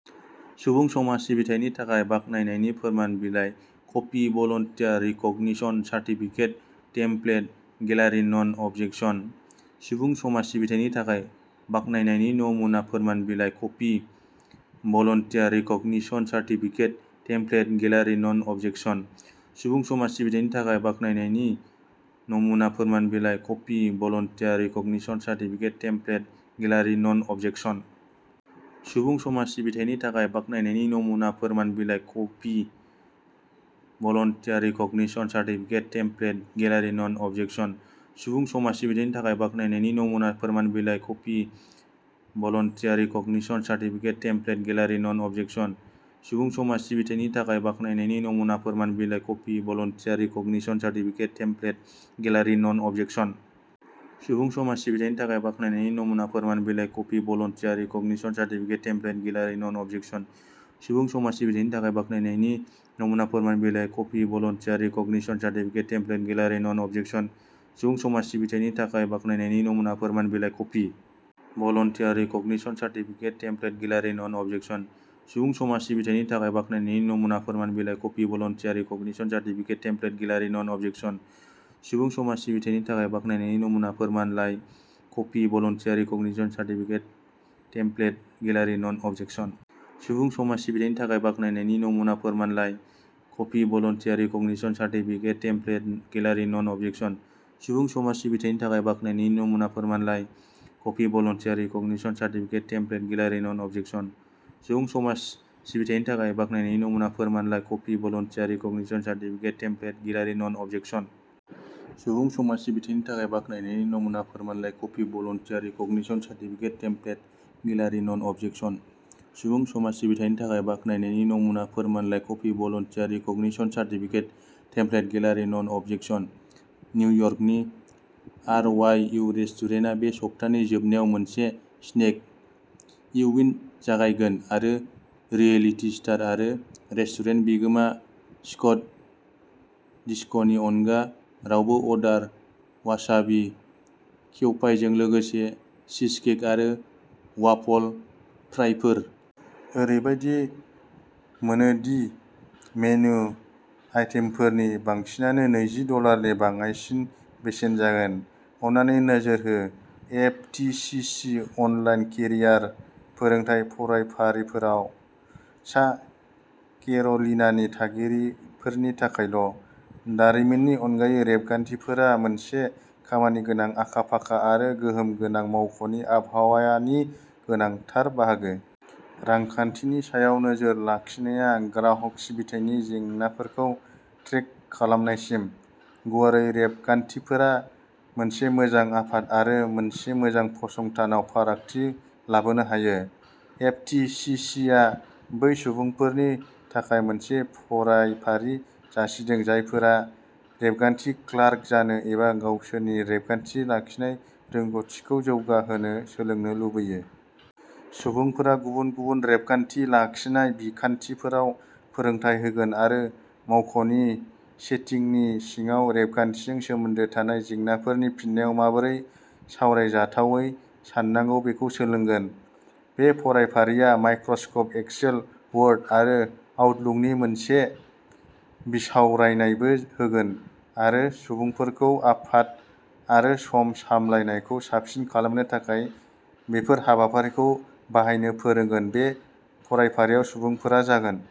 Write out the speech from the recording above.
सुबुं समाज सिबिथायनि थाखाय बाख्नायनायनि फोरमान बिलाइ copy volunteer recognition certificate template गेलारि नन अबजेकसन। सुबुं समाज सिबिथायनि थाखाय बाख्नायनायनि नमुना फोरमान बिलाइ copy volunteer recognition certificate template गेलारि नन अबजेकसन। सुबुं समाज सिबिथायनि थाखाय बाख्नायनायनि नमुना फोरमान बिलाइ copy volunteer recognition certificate template गेलारि नन अबजेकसन। सुबुं समाज सिबिथायनि थाखाय बाख्नायनायनि नमुना फोरमान बिलाइ copy volunteer recognition certificate template गेलारि नन अबजेकसन। सुबुं समाज सिबिथायनि थाखाय बाख्नायनायनि नमुना फोरमान बिलाइ copy volunteer recognition certificate template गेलारि नन अबजेकसन। सुबुं समाज सिबिथायनि थाखाय बाख्नायनायनि नमुना फोरमान बिलाइ copy volunteer recognition certificate template गेलारि नन अबजेकसन। सुबुं समाज सिबिथायनि थाखाय बाख्नायनायनि नमुना फोरमान बिलाइ copy volunteer recognition certificate template गेलारि नन अबजेकसन। सुबुं समाज सिबिथायनि थाखाय बाख्नायनायनि नमुना फोरमान बिलाइ copy volunteer recognition certificate template गेलारि नन अबजेकसन। सुबुं समाज सिबिथायनि थाखाय बाख्नायनायनि नमुना फोरमान बिलाइ copy. Volunteer recognition certificate template गेलारि नन अबजेकसन। सुबुं समाज सिबिथायनि थाखाय बाख्नायनायनि नमुना फोरमानलाइ copy volunteer recognition certificate template गेलारि नन अबजेकसन। सुबुं समाज सिबिथायनि थाखाय बाख्नायनायनि नमुना फोरमानलाइ copy volunteer recognition certificate template गेलारि नन अबजेकसन। सुबुं समाज सिबिथायनि थाखाय बाख्नायनायनि नमुना फोरमानलाइ copy volunteer recognition certificate template गेलारि नन अबजेकसन। सुबुं समाज सिबिथायनि थाखाय बाख्नायनायनि नमुना फोरमानलाइ copy volunteer recognition certificate template गेलारि नन अबजेकसन। सुबुं समाज सिबिथायनि थाखाय बाख्नायनायनि नमुना फोरमानलाइ copy volunteer recognition certificate template गेलारि नन अबजेकसन। सुबुं समाज सिबिथायनि थाखाय बाख्नायनायनि नमुना फोरमानलाइ copy volunteer recognition certificate template गेलारि नन अबजेकसन। सुबुं समाज सिबिथायनि थाखाय बाख्नायनायनि नमुना फोरमानलाइ copy volunteer recognition certificate template गेलारि नन अबजेकसन। निउयर्कनि आर वाइ इउ रेस्टुरेन्टआ बे सप्तानि जोबनायाव मोनसे स्नेक उइन्ड' जागायगोन आरो रियेलिटि स्टार आरो रेस्टुरेन्ट बिगोमा स्कट डिस्कनि अनगा रावबो अर्डार वासाबी केउपाइजों लोगोसे चीजकेक आरो वाफल फ्राइफोर। ओरैबायदि मोनो दि मेनु आइटेमफोरनि बांसिनानो नैजि डलारनि बाङाइसिन बेसेन जागोन। अन्नानै नोजोर हो F T C C online career फोरोंथाय फरायफारिफोरा सा केर'लिनानि थागिरिफोरनि थाखायल'। दारिमिननि अनगायै, रेबगान्थिफोरा मोनसे खामानिगोनां, आखा-फाखा आरो गोहोम गोनां मावख'नि आबहावानि गोनांथार बाहागो। रांखान्थिनि सायाव नोजोर लाखिनाया ग्राहक सिबिथायनि जेंनाफोरखौ ट्रेक खालामनायसिम, गुवारै रेबगान्थिफोरा मोनसे मोजां आफाद आरो मोनसे मोजां फसंथानाव फारागथि लाबोनो हायो। एफ टि सि सि आ बै सुबुंफोरनि थाखाय मोनसे फरायफारि जासिदों जायफोरा रेबगान्थि क्लार्क जानो एबा गावसोरनि रेबगान्थि लाखिनाय रोंग'थिखौ जौगाहोनो सोलोंनो लुबैयो। सुबुंफोरा गुबुन-गुबुन रेबगान्थि लाखिनाय बिखान्थिफोराव फोरोंथाय होगोन आरो मावख'नि सेटिंनि सिङाव रेबगान्थिजों सोमोन्दो थानाय जेंनाफोरनि फिननायाव माबोरै सावरायजाथावै साननांगौ बेखौ सोलोंगोन। बे फरायफारिआ माइक्र'सफ्ट एक्सेल, वर्ड आरो आउटलुकनि मोनसे बिसावरायनायबो होगोन आरो सुबुंफोरखौ आफाद आरो सम सामलायनायखौ साबसिन खालामनो थाखाय बेफोर हाबाफारिफोरखौ बाहायनो फोरोंगोन। बे फरायफारिआव सुबुंफोरा जागोन।